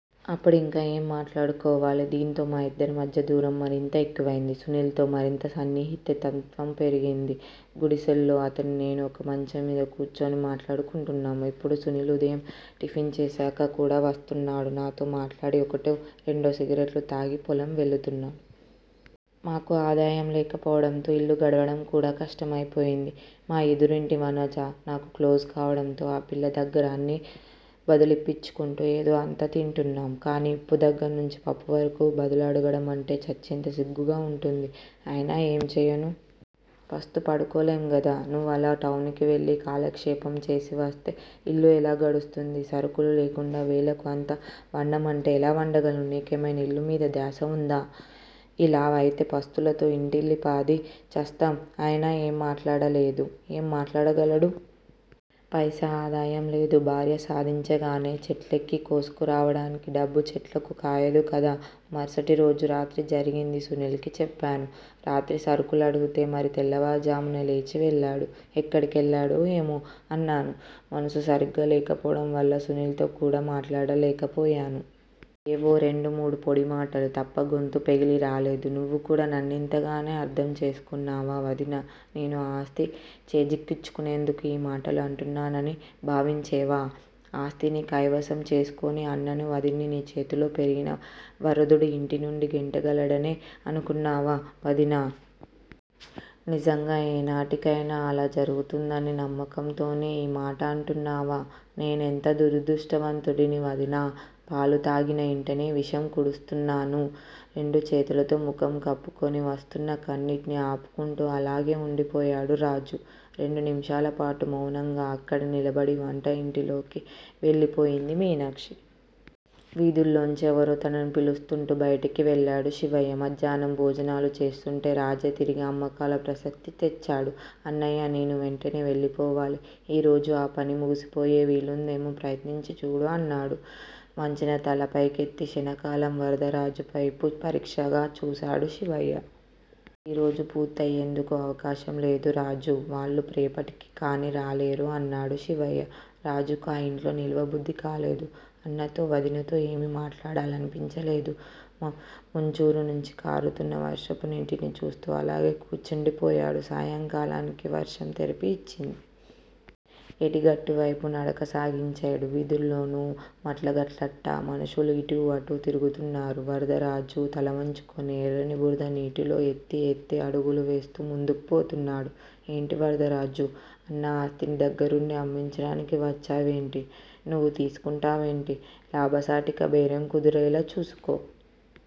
అప్పుడింక ఏం మాట్లాడుకోవాలి? దీంతో మా ఇద్దరి మధ్య దూరం మరింత ఎక్కువైంది. సునీల్ తో మరింత సన్నిహితత్వం పెరిగింది. గుడిసెలో అతనూ, నేనూ ఒకే మంచం మీద కూర్చుని మాట్లాడుకుంటున్నాము. ఇప్పుడు సునీల్ ఉదయం టిఫిన్ చేశాక కూడా వస్తున్నాడు. నాతో మాట్లాడి ఒకటో రెండో సిగరెట్లు తాగి, పొలం వెళుతున్నాడు. మాకు ఆదాయం లేకపోవడంతో ఇల్లు గడవడం కూడా కష్టమైపోయింది. మా ఎదురింటి వనజ నాకు క్లోజ్ కావడంతో ఆ పిల్ల దగ్గర అన్నీ బదులిప్పించుకుంటూ ఏదో అంత తింటున్నాం. కానీ ఉప్పు దగ్గర్నుంచి పప్పు వరకు బదులు అడగడమంటే చచ్చేంత సిగ్గుగా వుంటోంది. అయినా ఏం చేయను? పస్తు పడుకోలేంగదా. నువ్వు అలా టౌన్ కి వెళ్ళి కాలక్షేపం చేసివస్తే ఇల్లు ఎలా గడుస్తుంది? సరుకులు లేకుండా వేళకు అంత వండమంటే ఎలా వండగలను? నీకేమైనా ఇల్లుమీద ధ్యాస వుందా? ఇలా అయితే పస్తులతో ఇంటిల్లిపాదీ చస్తాం ఆయన ఏం మాట్లాడలేదు, ఏం మాట్లాడగలడు? పైసా ఆదాయం లేదు. భార్య సాధించగానే చెట్లెక్కి కోసుకురావడానికి డబ్బు చెట్లకు కాయదు కదా. మరుసటిరోజు రాత్రి జరిగింది సునీల్ కి చెప్పాను. రాత్రి సరుకులు అడిగితే మరీ తెల్లవారుజామునే లేచి వెళ్ళాడు. ఎక్కడికెళ్ళాడో ఏమో? అన్నాను. మనసు సరిగ్గా లేకపోవడంవల్ల సునీల్ తో కూడా మాట్లాడలేకపోయాను. ఏవో రెండు మూడు పొడి మాటలు తప్ప గొంతు పెగిలిరాలేదు. నువ్వుకూడా నన్నింతగానే అర్ధం చేసుకొన్నావా వదినా! నేను ఆస్తి చేజిక్కించునేందుకు ఈ మాటలు అంటున్నానని భావించేవా? ఆస్తిని కైవసము చేసుకొని అన్ననీ, వదిన్నీ నీ చేతుల్లో పెరిగిన వరదుడు ఇంటినుండి గెంటగలడనే అనుకొన్నావా వదినా? నిజంగా ఏనాటికైనా అలా జరుగుతుందనే నమ్మకంతోనే ఈ మాట అంటున్నావా? నేనెంత దురదృష్టవంతుడిని, వదినా! పాలు తాగిన ఇంటనే విషం కుడుస్తున్నాను. రెండు చేతులతో ముఖం కప్పుకొని, వస్తున్న కన్నీటిని ఆపుకొంటూ అలాగే ఉండిపోయేడు రాజు. రెండు నిమిషాలపాటు మౌనంగా అక్కడే నిలబడి వంట ఇంటిలోకి వెళ్ళిపోయింది మీనాక్షి. వీథిలోంచి ఎవరో తనని పిలుస్తూంటే బయటికి వెళ్లేడు శివయ్య. మధ్యాహ్నం భోజనాలు చేస్తూంటే రాజే తిరిగి అమ్మకాల ప్రసక్తి తెచ్చేడు. అన్నయ్యా, నేను వెంటనే వెళ్ళిపోవాలి. ఈ రోజు ఆ పని ముగిసిపోయే వీలుందేమో ప్రయత్నించి చూడు అన్నాడు. వంచిన తల పైకెత్తి క్షణకాలం వరదరాజువైపు పరీక్షగా చూసాడు శివయ్య. ఈ రోజు పూర్తి అయేందుకు అవకాశం లేదు, రాజూ! వాళ్లు రేపటికికాని రాలేరు అన్నాడు శివయ్య. రాజుకి ఆ ఇంట్లో నిలువ బుద్ధికాలేదు. అన్నతో, వదినతో ఏమి మాట్లాడాలనిపించలేదు. ముంజూరు నుంచి కారుతున్న వర్షపు నీటిని చూస్తూ అలాగే కూర్చుండిపోయాడు. సాయంకాలానికి వర్షం తెరిపి ఇచ్చింది. ఏటిగట్టు వైపు నడక సాగించేడు. వీథుల్లోను, మళ్ళగట్లంట మనుష్యులు ఇటూ అటూ తిరుగుతున్నారు. వరదరాజు తలవంచుకొని ఎర్రని బురద నీటిలో ఎత్తి ఎత్తి అడుగులు వేస్తూ ముందుకి పోతున్నాడు. ఏంటి వరదరాజూ! అన్న ఆస్తిని దగ్గిరుండి అమ్మించడానికి వచ్చేవేంటి? నువ్వే తీసుకొంటావేంటి? లాభసాటిగా బేరం కుదిరేలా చూసుకో.